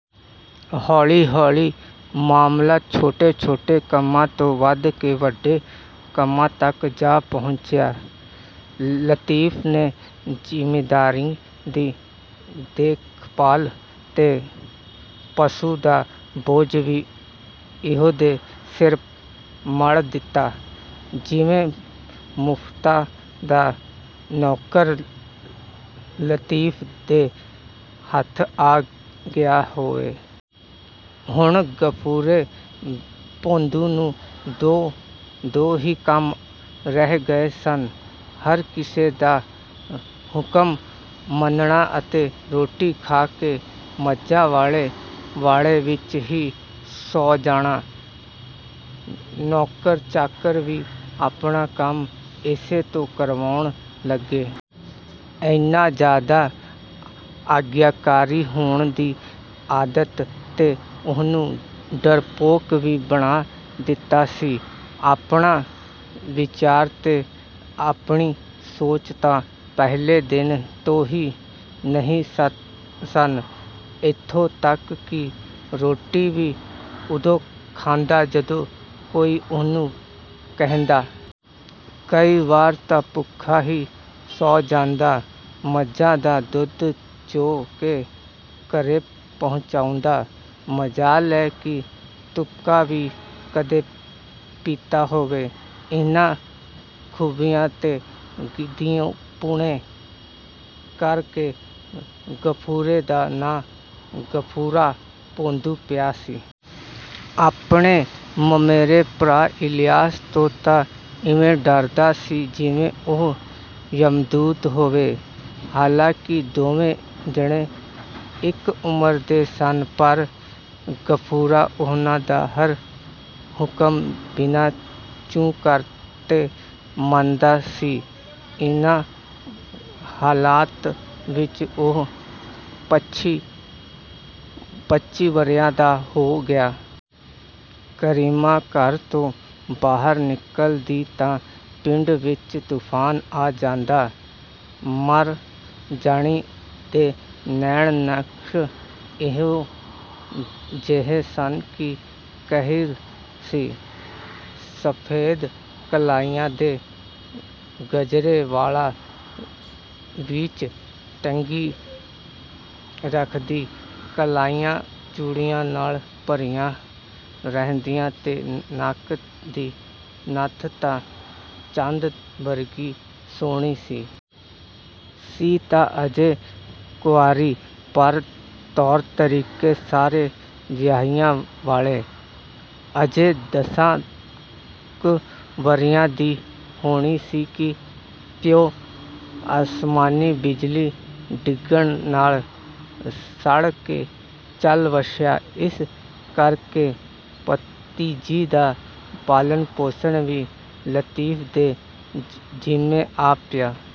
ਹੌਲੀ-ਹੌਲੀ ਮਾਮਲਾ ਛੋਟੇ-ਛੋਟੇ ਕੰਮਾਂ ਤੋਂ ਵਧ ਕੇ ਵੱਡੇ ਕੰਮਾਂ ਤੱਕ ਜਾ ਪਹੁੰਚਿਆ। ਲਤੀਫ ਨੇ ਜ਼ਿਮੀਂਦਾਰੀ ਦੀ ਦੇਖਭਾਲ ਤੇ ਪਸ਼ੂ ਦਾ ਬੋਝ ਵੀ ਇਹਦੇ ਸਿਰ ਮੜ੍ਹ ਦਿੱਤਾ, ਜਿਵੇਂ ਮੁਫ਼ਤ ਦਾ ਨੌਕਰ ਲਤੀਫ ਦੇ ਹੱਥ ਆ ਗਿਆ ਹੋਵੇ। ਹੁਣ ਗਫੂਰੇ ਭੌਂਦੂ ਨੂੰ ਦੋ ਹੀ ਕੰਮ ਰਹਿ ਗਏ ਸਨ—ਹਰ ਕਿਸੇ ਦਾ ਹੁਕਮ ਮੰਨਣਾ ਅਤੇ ਰੋਟੀ ਖਾ ਕੇ ਮੱਝਾਂ ਵਾਲੇ ਵਾੜੇ ਵਿਚ ਹੀ ਸੌਂ ਜਾਣਾ। ਨੌਕਰ-ਚਾਕਰ ਵੀ ਆਪਣਾ ਕੰਮ ਇਸੇ ਤੋਂ ਕਰਵਾਉਣ ਲੱਗੇ। ਐਨਾ ਜ਼ਿਆਦਾ ਆਗਿਆਕਾਰੀ ਹੋਣ ਦੀ ਆਦਤ ਨੇ ਉਹਨੂੰ ਡਰਪੋਕ ਵੀ ਬਣਾ ਦਿੱਤਾ ਸੀ। ਆਪਣਾ ਵਿਚਾਰ ਤੇ ਆਪਣੀ ਸੋਚ ਤਾਂ ਪਹਿਲੇ ਦਿਨ ਤੋਂ ਹੀ ਨਹੀਂ ਸਨ। ਏਥੋਂ ਤੱਕ ਕਿ ਰੋਟੀ ਵੀ ਉਦੋਂ ਖਾਂਦਾ, ਜਦੋਂ ਕੋਈ ਉਹਨੂੰ ਕਹਿੰਦਾ। ਕਈ ਵਾਰ ਤਾਂ ਭੁੱਖਾ ਹੀ ਸੌਂ ਜਾਂਦਾ। ਮੱਝਾਂ ਦਾ ਦੁੱਧ ਚੋ ਕੇ ਘਰੇ ਪਹੁੰਚਾਉਂਦਾ। ਮਜਾਲ ਐ, ਇੱਕ ਤੁਪਕਾ ਵੀ ਕਦੇ ਪੀਤਾ ਹੋਵੇ। ਇਨ੍ਹਾਂ ਖੂਬੀਆਂ ਤੇ ਗੀਦੀਪੁਣੇ ਕਰ ਕੇ ਗਫੂਰੇ ਦਾ ਨਾਂ ਗਫੂਰਾ ਭੌਂਦੂ ਪਿਆ ਸੀ। ਆਪਣੇ ਮਮੇਰੇ ਭਰਾ ਇਲਿਆਸ ਤੋਂ ਤਾਂ ਇਵੇਂ ਡਰਦਾ ਸੀ, ਜਿਵੇਂ ਉਹ ਯਮਦੂਤ ਹੋਵੇ। ਹਾਲਾਂਕਿ ਦੋਵੇਂ ਜਣੇ ਇੱਕੋ ਉਮਰ ਦੇ ਸਨ, ਪਰ ਗਫੂਰਾ ਉਹਦਾ ਹਰ ਹੁਕਮ ਬਿਨਾ ਚੂੰ ਕੀਤੇ ਮੰਨਦਾ ਸੀ। ਇਨ੍ਹਾਂ ਹਾਲਾਤ ਵਿਚ ਉਹ ਪੱਚੀ ਵਰ੍ਹਿਆਂ ਦਾ ਹੋ ਗਿਆ। ਕਰੀਮਾਂ ਘਰ ਤੋਂ ਬਾਹਰ ਨਿਕਲਦੀ ਤਾਂ ਪਿੰਡ ਵਿਚ ਤੂਫ਼ਾਨ ਆ ਜਾਂਦਾ। ਮਰ ਜਾਣੀ ਦੇ ਨੈਣ-ਨਕਸ਼ ਇਹੋ ਜਿਹੇ ਸਨ ਕਿ ਕਹਿਰ ਸੀ। ਸਫ਼ੈਦ ਕਲੀਆਂ ਦੇ ਗਜਰੇ ਵਾਲਾਂ ਵਿਚ ਟੰਗੀ ਰੱਖਦੀ, ਕਲਾਈਆਂ ਚੂੜੀਆਂ ਨਾਲ ਭਰੀਆਂ ਰਹਿੰਦੀਆਂ ਤੇ ਨੱਕ ਦੀ ਨੱਥ ਤਾਂ ਚੰਦ ਵਰਗੀ ਸੁਹਣੀ ਸੀ। ਸੀ ਤਾਂ ਅਜੇ ਕੁਆਰੀ, ਪਰ ਤੌਰ-ਤਰੀਕੇ ਸਾਰੇ ਵਿਆਹੀਆਂ ਵਾਲੇ। ਅਜੇ ਦਸਾਂ ਕੁ ਵਰ੍ਹਿਆਂ ਦੀ ਹੋਣੀ ਸੀ ਕਿ ਪਿਉ ਅਸਮਾਨੀ ਬਿਜਲੀ ਡਿੱਗਣ ਨਾਲ ਸੜ ਕੇ ਚੱਲ ਵਸਿਆ। ਇਸ ਕਰ ਕੇ ਭਤੀਜੀ ਦਾ ਪਾਲਣ-ਪੋਸ਼ਣ ਵੀ ਲਤੀਫ ਦੇ ਜ਼ਿੰਮੇ ਆ ਪਿਆ।